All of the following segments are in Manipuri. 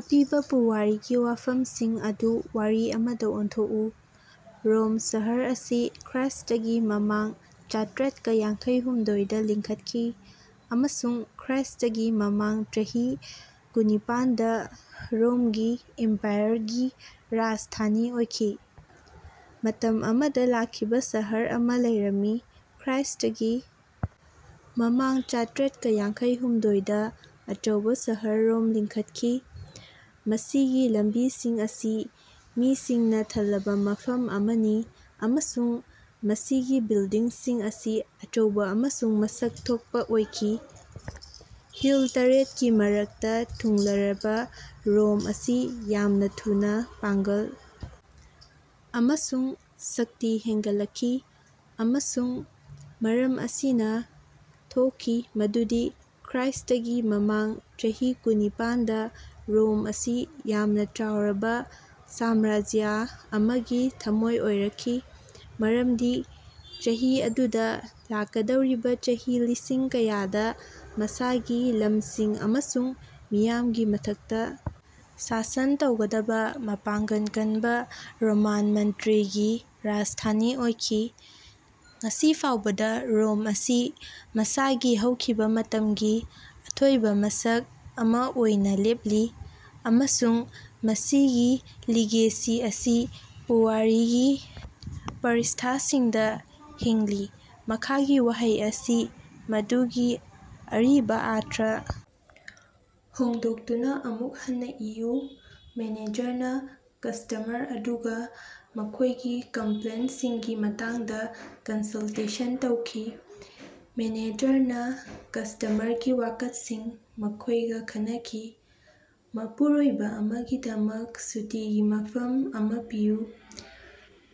ꯑꯄꯤꯕ ꯄꯨꯋꯥꯔꯤꯒꯤ ꯋꯥꯐꯝꯁꯤꯡ ꯑꯗꯨ ꯋꯥꯔꯤ ꯑꯃꯗ ꯑꯣꯟꯊꯣꯛꯎ꯫ ꯔꯣꯝ ꯁꯍꯔ ꯑꯁꯤ ꯈ꯭ꯔ꯭ꯏꯁ꯭ꯇꯒꯤ ꯃꯃꯥꯡ ꯆꯥꯇ꯭ꯔꯦꯠꯀ ꯌꯥꯡꯈꯩꯍꯨꯝꯗꯣꯏ ꯗ ꯂꯤꯡꯈꯠꯈꯤ ꯑꯃꯁꯨꯡ ꯈ꯭ꯔ꯭ꯏꯁ꯭ꯇꯒꯤ ꯃꯃꯥꯡ ꯆꯍꯤ ꯀꯨꯟꯅꯤꯄꯥꯟ ꯗ ꯔꯣꯃꯒꯤ ꯏꯝꯄꯥꯌꯔꯒꯤ ꯔꯥꯖꯙꯥꯅꯤ ꯑꯣꯏꯈꯤ꯫ ꯃꯇꯝ ꯑꯃꯗ ꯂꯥꯛꯈꯤꯕ ꯁꯍꯔ ꯑꯃ ꯂꯩꯔꯝꯃꯤ꯫ ꯈ꯭ꯔ꯭ꯏꯁ꯭ꯇꯒꯤ ꯃꯃꯥꯡ ꯆꯥꯇ꯭ꯔꯦꯠꯀ ꯌꯥꯡꯈꯩꯍꯨꯝꯗꯣꯏ ꯗ ꯑꯆꯧꯕ ꯁꯍꯔ ꯔꯣꯝ ꯂꯤꯡꯈꯠꯈꯤ꯫ ꯃꯁꯤꯒꯤ ꯂꯝꯕꯤꯁꯤꯡ ꯑꯁꯤ ꯃꯤꯁꯤꯡꯅ ꯊꯜꯂꯕ ꯃꯐꯝ ꯑꯃꯅꯤ ꯑꯃꯁꯨꯡ ꯃꯁꯤꯒꯤ ꯕꯤꯜꯗꯤꯡꯁꯤꯡ ꯑꯁꯤ ꯑꯆꯧꯕ ꯑꯃꯁꯨꯡ ꯃꯁꯛ ꯊꯣꯛꯄꯥꯑꯣꯏꯈꯤ꯫ ꯍꯤꯜ ꯇꯔꯦꯠ ꯀꯤ ꯃꯔꯛꯇ ꯊꯨꯡꯂꯔꯕ ꯔꯣꯝ ꯑꯁꯤ ꯌꯥꯝꯅ ꯊꯨꯅ ꯄꯥꯡꯒꯜ ꯑꯃꯁꯨꯡ ꯁꯛꯇꯤ ꯍꯦꯟꯒꯠꯂꯛꯈꯤ꯫ ꯑꯃꯁꯨꯡ ꯃꯔꯝ ꯑꯁꯤꯅ, ꯊꯣꯛꯈꯤ ꯃꯗꯨꯗꯤ ꯈ꯭ꯔ꯭ꯏꯁ꯭ꯇꯒꯤ ꯃꯃꯥꯡ ꯆꯍꯤ ꯀꯨꯟꯅꯤꯄꯥꯟ ꯗ ꯔꯣꯝ ꯑꯁꯤ ꯌꯥꯝꯅ ꯆꯥꯎꯔꯕ ꯁꯥꯝꯔꯥꯖ꯭ꯌ ꯑꯃꯒꯤ ꯊꯃꯣꯏ ꯑꯣꯏꯔꯛꯈꯤ꯫ ꯃꯔꯝꯗꯤ ꯆꯍꯤ ꯑꯗꯨꯗ ꯂꯥꯛꯀꯗꯧꯔꯤꯕ ꯆꯍꯤ ꯂꯤꯁꯤꯡ ꯀꯌꯥꯗ ꯃꯁꯥꯒꯤ ꯂꯝꯁꯤꯡ ꯑꯃꯁꯨꯡ ꯃꯤꯌꯥꯝꯒꯤ ꯃꯊꯛꯇ ꯁꯥꯁꯟ ꯇꯧꯒꯗꯕ ꯃꯄꯥꯡꯒꯜ ꯀꯅꯕ ꯔꯣꯃꯥꯟ ꯃꯟꯇ꯭ꯔꯤꯒꯤ ꯔꯥꯖꯙꯥꯅꯤ ꯑꯣꯏꯈꯤ꯫ ꯉꯁꯤ ꯐꯥꯎꯕꯗ ꯔꯣꯝ ꯑꯁꯤ ꯃꯁꯥꯒꯤ ꯍꯧꯈꯤꯕ ꯃꯇꯝꯒꯤ ꯑꯊꯣꯏꯕ ꯃꯁꯛ ꯑꯃꯥ ꯑꯣꯏꯅ ꯂꯦꯞꯂꯤ, ꯑꯃꯁꯨꯡ ꯃꯁꯤꯒꯤ ꯂꯤꯒꯦꯁꯤ ꯑꯁꯤ ꯄꯨꯋꯥꯔꯤꯒꯤ ꯄ꯭ꯔ꯭ꯏꯁ꯭ꯊꯥꯁꯤꯡꯗ ꯍꯤꯡꯂꯤ꯫ ꯃꯈꯥꯒꯤ ꯋꯥꯍꯩ ꯑꯁꯤ ꯃꯗꯨꯒꯤ ꯑꯔꯤꯕ ꯑꯔꯊ ꯍꯣꯡꯗꯣꯛꯇꯨꯅ ꯑꯃꯨꯛ ꯍꯟꯅ ꯏꯌꯨ: ꯃꯦꯅꯦꯖꯔꯅ ꯀꯁꯇꯃꯔ ꯑꯗꯨꯒ ꯃꯈꯣꯢꯒꯤ ꯀꯝꯄ꯭ꯂꯦꯟꯇꯁꯤꯡꯒꯤ ꯃꯇꯥꯡꯗ ꯀꯟꯁꯜꯇꯦꯁꯟ ꯇꯧꯈꯤ꯫' 'ꯃꯦꯅꯦꯖꯔꯅ ꯀꯁꯇꯃꯔꯒꯤ ꯋꯥꯀꯠꯁꯤꯡ ꯃꯈꯣꯏꯒ ꯈꯟꯅꯈꯤ꯫ ꯃꯄꯨꯔꯣꯏꯕ ꯑꯃꯒꯤꯗꯃꯛ ꯁꯨꯇꯤꯒꯤ ꯃꯐꯝ ꯑꯃ ꯄꯤꯌꯨ꯫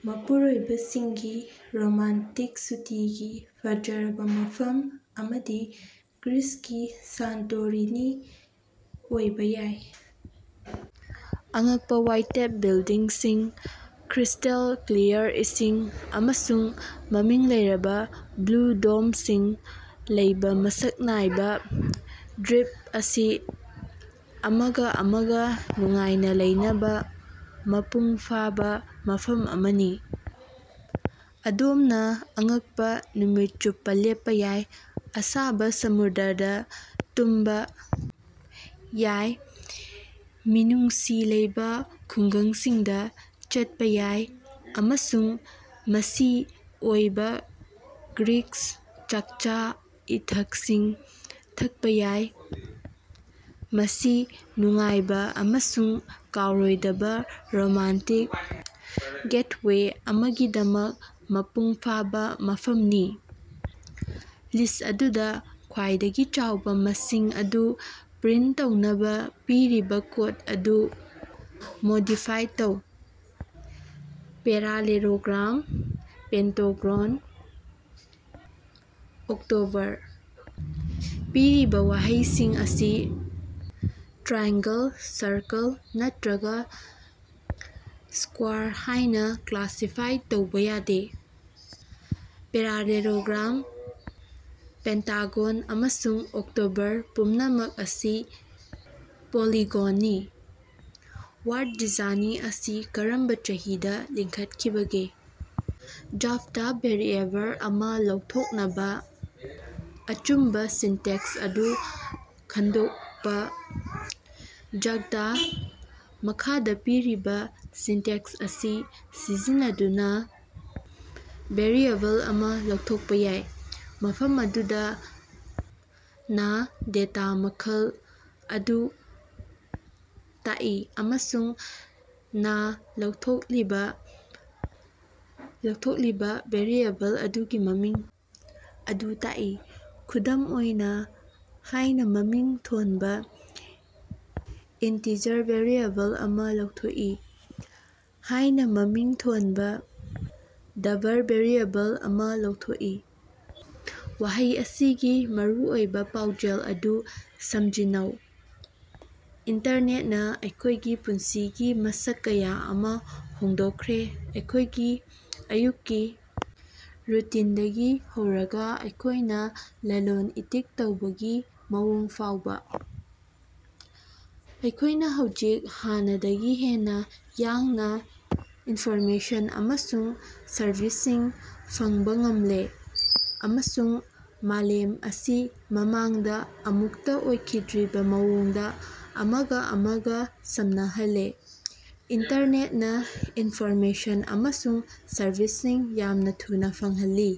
ꯃꯄꯨꯔꯣꯏꯕꯁꯤꯡꯒꯤ ꯔꯣꯃꯥꯟꯇꯤꯛ ꯁꯨꯇꯤꯒꯤ ꯐꯖꯔꯕ ꯃꯐꯝ ꯑꯃꯗꯤ ꯒ꯭ꯔꯤꯁꯀꯤ ꯁꯥꯟꯇꯣꯔꯤꯅꯤ ꯑꯣꯏꯕ ꯌꯥꯏ꯫ ꯑꯉꯛꯄ ꯋꯥꯏꯇꯦꯞ ꯕꯤꯜꯗꯤꯡꯁꯤꯡ, ꯀ꯭ꯔ꯭ꯤꯁꯇꯦꯜ ꯀ꯭ꯂꯤꯌꯥꯔ ꯏꯁꯤꯡ, ꯑꯃꯁꯨꯡ ꯃꯃꯤꯡ ꯂꯩꯔꯕ ꯕ꯭ꯂꯨ ꯗꯣꯝꯁꯤꯡ ꯂꯩꯕ ꯃꯁꯛ ꯅꯥꯏꯕ ꯗ꯭ꯕꯤꯞ ꯑꯁꯤ ꯑꯃꯒ ꯑꯃꯒ ꯅꯨꯡꯉꯥꯏꯅ ꯂꯩꯅꯕ ꯃꯄꯨꯡ ꯐꯥꯕ ꯃꯐꯝ ꯑꯃꯅꯤ꯫ ꯑꯗꯣꯝꯅ ꯑꯉꯛꯄ ꯅꯨꯃꯤꯠ ꯆꯨꯞꯄ ꯂꯦꯞꯄ ꯌꯥꯏ, ꯑꯁꯥꯕ ꯁꯃꯨꯗ꯭ꯔꯗ ꯇꯨꯝꯕ ꯌꯥꯏ, ꯃꯤꯅꯨꯡꯁꯤ ꯂꯩꯕ ꯈꯨꯡꯒꯪꯁꯤꯡꯗ ꯆꯠꯄ ꯌꯥꯏ ꯑꯃꯁꯨꯡ ꯃꯆꯤ ꯑꯣꯏꯕ ꯒ꯭ꯔꯤꯛ ꯆꯥꯛꯆꯥ-ꯏꯊꯛꯁꯤꯡ ꯊꯛꯄ ꯌꯥꯏ꯫ ꯃꯁꯤ ꯅꯨꯡꯉꯥꯏꯕ ꯑꯃꯁꯨꯡ ꯀꯥꯎꯔꯣꯏꯗꯕ ꯔꯣꯃꯥꯟꯇꯤꯛ ꯒꯦꯇꯋꯦ ꯑꯃꯒꯤꯗꯃꯛ ꯃꯄꯨꯡ ꯐꯥꯕ ꯃꯐꯝꯅꯤ꯫ ꯂꯤꯁꯠ ꯑꯗꯨꯗ ꯈ꯭ꯋꯥꯏꯗꯒꯤ ꯆꯥꯎꯕ ꯃꯁꯤꯡ ꯑꯗꯨ ꯄ꯭ꯔꯤꯟꯇ ꯇꯧꯅꯕ ꯄꯤꯔꯤꯕ ꯀꯣꯗ ꯑꯗꯨ ꯃꯣꯗꯤꯐꯥꯏ ꯇꯧ꯫ Parallelogram, pentagon, October. ꯄꯤꯔꯤꯕ ꯋꯥꯍꯩꯁꯤꯡ ꯑꯁꯤ ꯇ꯭ꯔꯥꯏꯑꯦꯡꯒꯜ, ꯁꯥꯔꯀꯜ ꯅꯠꯇꯔꯒ ꯁ꯭ꯀ꯭ꯨꯋꯥꯔ ꯍꯥꯏꯅ ꯀ꯭ꯂꯥꯁꯤꯐꯥꯏ ꯇꯧꯕ ꯌꯥꯗꯦ꯫ ꯄꯦꯔꯥꯂꯦꯂꯣꯒ꯭ꯔꯥꯝ, ꯄꯦꯟꯇꯥꯒꯣꯟ ꯑꯃꯁꯨꯡ ꯑꯣꯛꯇꯣꯕꯔ ꯄꯨꯝꯅꯃꯛ ꯑꯁꯤ ꯄꯣꯂꯤꯒꯣꯟꯅꯤ꯫ ꯋꯥꯜꯇ ꯗꯤꯖꯅꯤ ꯑꯁꯤ ꯀꯔꯝꯕ ꯆꯍꯤꯗ ꯂꯤꯡꯈꯠꯈꯤꯕꯒꯦ? ꯖꯥꯚꯗꯥ ꯚꯦꯔꯤꯑꯦꯕꯜ ꯑꯃ ꯂꯧꯊꯣꯛꯅꯕ ꯑꯆꯨꯝꯕ ꯁꯤꯟꯇꯦꯛꯁ ꯑꯗꯨ ꯈꯪꯗꯣꯛꯄ꯫ ꯖꯥꯚꯗꯥ, ꯃꯈꯥꯗ ꯄꯤꯔꯤꯕ ꯁꯤꯟꯇꯦꯛꯁ ꯑꯁꯤ ꯁꯤꯖꯤꯟꯅꯗꯨꯅ ꯚꯦꯔꯤꯑꯦꯕꯜ ꯑꯃ ꯂꯥꯎꯊꯣꯛꯄ ꯌꯥꯏ, ꯃꯐꯝ ꯑꯗꯨꯗ ꯅꯥ ꯗꯦꯇꯥ ꯃꯈꯜ ( ꯒꯨꯝꯕ) ꯑꯗꯨ ꯇꯥꯛꯏ ꯑꯃꯁꯨꯡ ꯅꯥ ꯂꯥꯎꯊꯣꯛꯂꯤꯕ ꯚꯦꯔꯤꯑꯦꯕꯜ ꯑꯗꯨꯒꯤ ꯃꯃꯤꯡ ꯑꯗꯨ ꯇꯥꯛꯏ꯫ ꯈꯨꯗꯝ ꯑꯣꯏꯅ, ꯍꯥꯏꯅ ꯃꯃꯤꯡ ꯊꯣꯟꯕ ꯏꯟꯇꯤꯖꯔ ꯚꯦꯔꯤꯑꯦꯕꯜ ꯑꯃ ꯂꯥꯎꯊꯣꯛꯏ; ꯍꯥꯏꯅ ꯃꯃꯤꯡ ꯊꯣꯟꯕ ꯗꯕꯜ ꯚꯦꯔꯤꯑꯦꯕꯜ ꯑꯃ ꯂꯥꯎꯊꯣꯛꯏ꯫ ꯋꯥꯍꯩ ꯑꯁꯤꯒꯤ ꯃꯔꯨꯑꯣꯏꯕ ꯄꯥꯎꯖꯦꯜ ꯑꯗꯨ ꯁꯝꯖꯤꯟꯅꯧ꯫ ꯏꯟꯇꯔꯅꯦꯠꯅ ꯑꯩꯈꯣꯏꯒꯤ ꯄꯨꯟꯁꯤꯒꯤ ꯃꯁꯛ ꯀꯌꯥ ꯑꯃꯥ ꯍꯣꯡꯗꯣꯛꯈ꯭ꯔꯦ, ꯑꯩꯈꯣꯏꯒꯤ ꯑꯌꯨꯛꯀꯤ ꯔꯨꯇꯤꯟꯗꯒꯤ ꯍꯧꯔꯒ ꯑꯩꯈꯣꯏꯅ ꯂꯂꯣꯟ-ꯏꯇꯤꯛ ꯇꯧꯕꯒꯤ ꯃꯑꯣꯡ ꯐꯥꯎꯕ꯫ ꯑꯩꯈꯣꯏꯅ ꯍꯧꯖꯤꯛ ꯍꯥꯟꯅꯗꯒꯤ ꯍꯦꯟꯅ ꯌꯥꯡꯅ ꯏꯟꯐꯣꯔꯃꯦꯁꯟ ꯑꯃꯁꯨꯡ ꯁꯔꯕꯤꯁꯁꯤꯡ ꯐꯪꯕ ꯉꯝꯂꯦ ꯑꯃꯁꯨꯡ ꯃꯥꯂꯦꯝ ꯑꯁꯤ ꯃꯃꯥꯡꯗ ꯑꯃꯨꯛꯇ ꯑꯣꯏꯈꯤꯗ꯭ꯔꯤꯕ ꯃꯑꯣꯡꯗ ꯑꯃꯒ ꯑꯃꯒ ꯁꯝꯅꯍꯜꯂꯦ꯫ ꯏꯟꯇꯔꯅꯦꯠꯅ ꯏꯟꯐꯣꯔꯃꯦꯁꯟ ꯑꯃꯁꯨꯡ ꯁꯔꯕꯤꯁꯁꯤꯡ ꯌꯥꯝꯅ ꯊꯨꯅ ꯐꯪꯍꯜꯂꯤ꯫